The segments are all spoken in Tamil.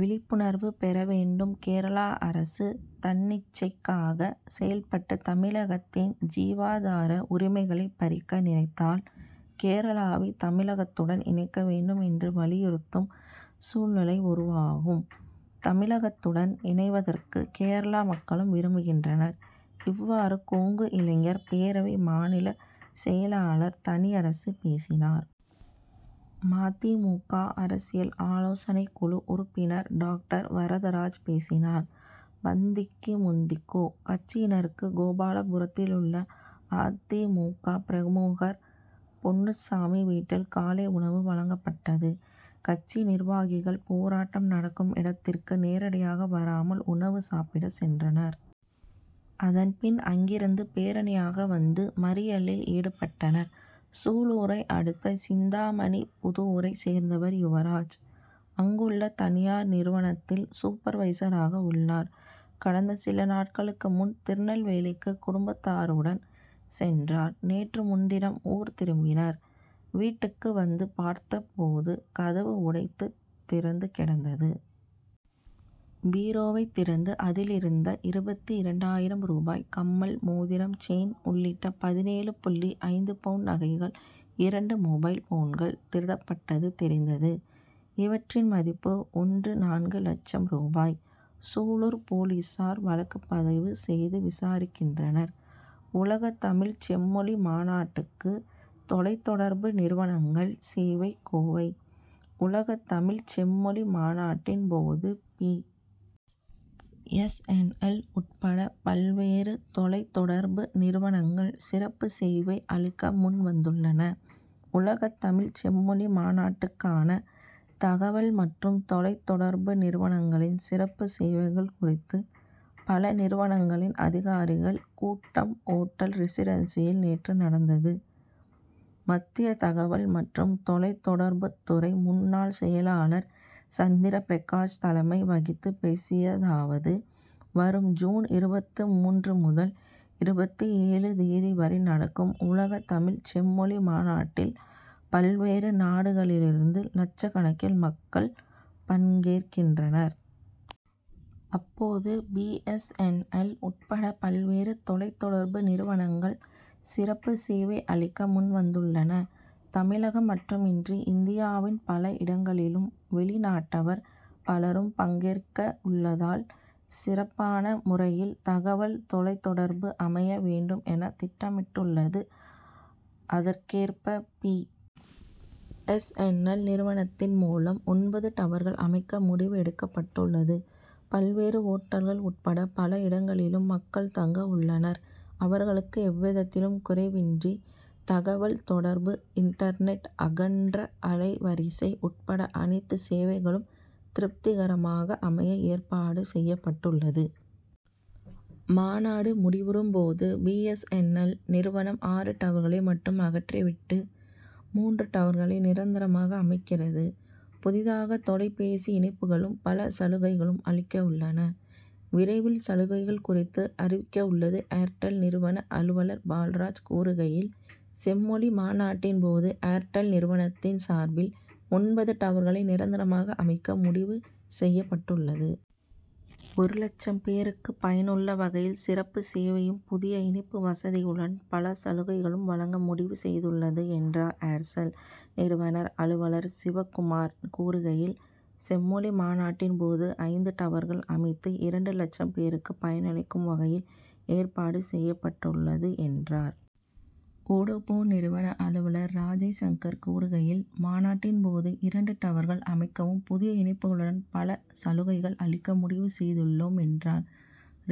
விழிப்புணர்வு பெற வேண்டும். கேரளா அரசு தன்னிச்சைக்காக செயல்பட்டு தமிழகத்தின் ஜீவாதார உரிமைகளை பறிக்க நினைத்தால், கேரளா தமிழகத்துடன் இணைக்க வேண்டும் என்று வலியுறுத்தும் சூழ்நிலை உருவாகும். தமிழகத்துடன் இணைவதற்கு கேரளா மக்களும் விரும்புகின்றனர். இவ்வாறு, கொங்கு இளைஞர் பேரவை மாநில செயலாளர் தனியரசு பேசினார். ம. தி. மு. க., அரசியல் ஆலோசனைக்குழு உறுப்பினர் டாக்டர் வரதராஜ் பேசினார். பந்திக்கு முந்திக்கோ! கட்சியினருக்கு கோபாலபுரத்திலுள்ள அ. தி. மு. க., பிரமுகர் பொன்னுச்சாமி வீட்டில் காலை உணவு வழங்கப்பட்டது. கட்சி நிர்வாகிகள் போராட்டம் நடக்கும் இடத்திற்கு நேரடியாக வராமல் உணவு சாப்பிட சென்றனர். அதன்பின், அங்கிருந்து பேரணியாக வந்து மறியலில் ஈடுபட்டனர். சூலூரை அடுத்த சிந்தாமணிப்புதூரைச் சேர்ந்தவர் யுவராஜ். அங்குள்ள தனியார் நிறுவனத்தில் சூப்பர்வைசராக உள்ளார். கடந்த சில நாட்களுக்கு முன் திருநெல்வேலிக்கு குடும்பத்தாருடன் சென்றார். நேற்று முன்தினம் ஊர் திரும்பினர். வீட்டுக்கு வந்து பார்த்தபோது, கதவு உடைத்து திறந்து கிடந்தது. பீரோவைத் திறந்து அதிலிருந்த இருபத்து இரண்டு ஆயிரம் ரூபாய், கம்மல், மோதிரம், செயின் உள்ளிட்ட பதினேழு புள்ளி ஐந்து பவுன் நகைகள், இரண்டு மொபைல் போன்கள் திருடப்பட்டது தெரிந்தது. இவற்றின் மதிப்பு ஒன்று.நான்கு லட்சம் ரூபாய். சூலூர் போலீசார் வழக்கு பதிவு செய்து விசாரிக்கின்றனர். உலகத்தமிழ்ச் செம்மொழி மாநாட்டுக்கு தொலைத்தொடர்பு நிறுவனங்கள் சேவை கோவை: உலகத்தமிழ்ச் செம்மொழி மாநாட்டின்போது பி. எஸ். என். எல்., உட்பட பல்வேறு தொலைத் தொடர்பு நிறுவனங்கள் சிறப்பு சேவை அளிக்க முன்வந்துள்ளன. உலகத்தமிழ்ச் செம்மொழி மாநாட்டுக்கான தகவல் மற்றும் தொலைத் தொடர்பு நிறுனங்களின் சிறப்பு சேவைகள் குறித்து, பல நிறுவனங்களின் அதிகாரிகள் கூட்டம் ஓட்டல் ரெசிடென்சியில் நேற்று நடந்தது. மத்திய தகவல் மற்றும் தொலைத் தொடர்புத்துறை முன்னாள் செயலாளர் சந்திர பிரகாஷ் தலைமை வகித்து பேசியதாவது: வரும் ஜூன் இருபத்து மூன்று முதல் இருபத்து ஏழு தேதி வரை நடக்கும் உலகத்தமிழ்ச் செம்மொழி மாநாட்டில், பல்வேறு நாடுகளிலிருந்து லட்சக்கணக்கில் மக்கள் பங்கேற்கின்றனர். அப்போது பி. எஸ். என். எல்., உட்பட பல்வேறு தொலைத் தொடர்பு நிறுவனங்கள் சிறப்பு சேவை அளிக்க முன்வந்துள்ளன. தமிழகம் மட்டுமின்றி, இந்தியாவின் பல இடங்களிலும், வெளிநாட்டவர் பலரும் பங்கேற்க உள்ளதால் சிறப்பான முறையில் தகவல் தொலைத்தொடர்பு அமைய வேண்டும் என திட்டமிடப்பட்டுள்ளது. அதற்கேற்ப பி. எஸ். என். எல்., நிறுவனத்தின் மூலம் ஒன்பது டவர்கள் அமைக்க முடிவு எடுக்கப்பட்டுள்ளது. பல்வேறு ஓட்டல்கள் உட்பட பல இடங்களிலும் மக்கள் தங்க உள்ளனர். அவர்களுக்கு எவ்விதத்திலும் குறைவின்றி தகவல் தொடர்பு இன்டர்நெட், அகன்ற அலை வரிசை உட்பட அனைத்து சேவைகளும் திருப்திகரமாக அமைய ஏற்பாடு செய்யப்பட்டுள்ளது. மாநாடு முடிவுறும் போது பி. எஸ். என். எல்., நிறுவனம் ஆறு டவர்களை மட்டும் அகற்றி விட்டு, மூன்று டவர்களை நிரந்தரமாக அமைக்கிறது. புதிதாக தொலை பேசி இணைப்புகளும் பல சலுகைகளும் அளிக்க உள்ளன. விரைவில் சலுகைகள் குறித்து அறிவிக்க உள்ளது. 'ஏர் டெல்' நிறுவன அலுவலர் பால்ராஜ் கூறுகையில், 'செம்மொழி மாநாட்டின் போது ஏர் டெல் நிறுவனத்தின் சார்பில் ஒன்பது டவர்களை நிரந்தரமாக அமைக்க முடிவு செய்யப்பட்டுள்ளது. ஒரு லட்சம் பேருக்கு பயனுள்ள வகையில் சிறப்பு சேவையும், புதிய இணைப்பு வசதிகளுடன், பல சலுகைகளும் வழங்க முடிவு செய்துள்ளது,' என்றார். 'ஏர் செல்' நிறுவன அலுவலர் சிவக்குமார் கூறுகையில், 'செம்மொழி மாநாட்டின் போது ஐந்து டவர்கள் அமைத்து, இரண்டு லட்சம் பேருக்கு பயனளிக்கும் வகையில் ஏற்பாடு செய்யப்பட்டுள்ளது,' என்றார். 'வோடாபோன்' நிறுவன அலுவலர் ராஜேஷ் சங்கர் கூறுகையில், 'மாநாட்டின் போது இரண்டு டவர்கள் அமைக்கவும், புதிய இணைப்புகளுடன் பல சலுகைகள் அளிக்க முடிவு செய்துள்ளோம்,' என்றார்.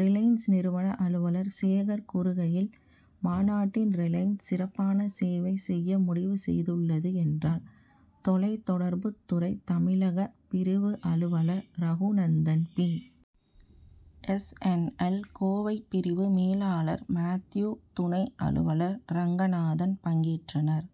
'ரிலையன்ஸ்' நிறுவன அலுவலர் சேகர் கூறுகையில், 'மாநாட்டில் ரிலையன்ஸ் சிறப்பான சேவை செய்ய முடிவு செய்துள்ளது,' என்றார். தொலைத் தொடர்புத் துறை தமிழக பிரிவு அலுவலர் ரகுநந்தன், பி. எஸ். என். எல்.,கோவை பிரிவு மேலாளர் மாத்யூ, துணை அலுவலர் ரங்கநாதன் பங்கேற்றனர்.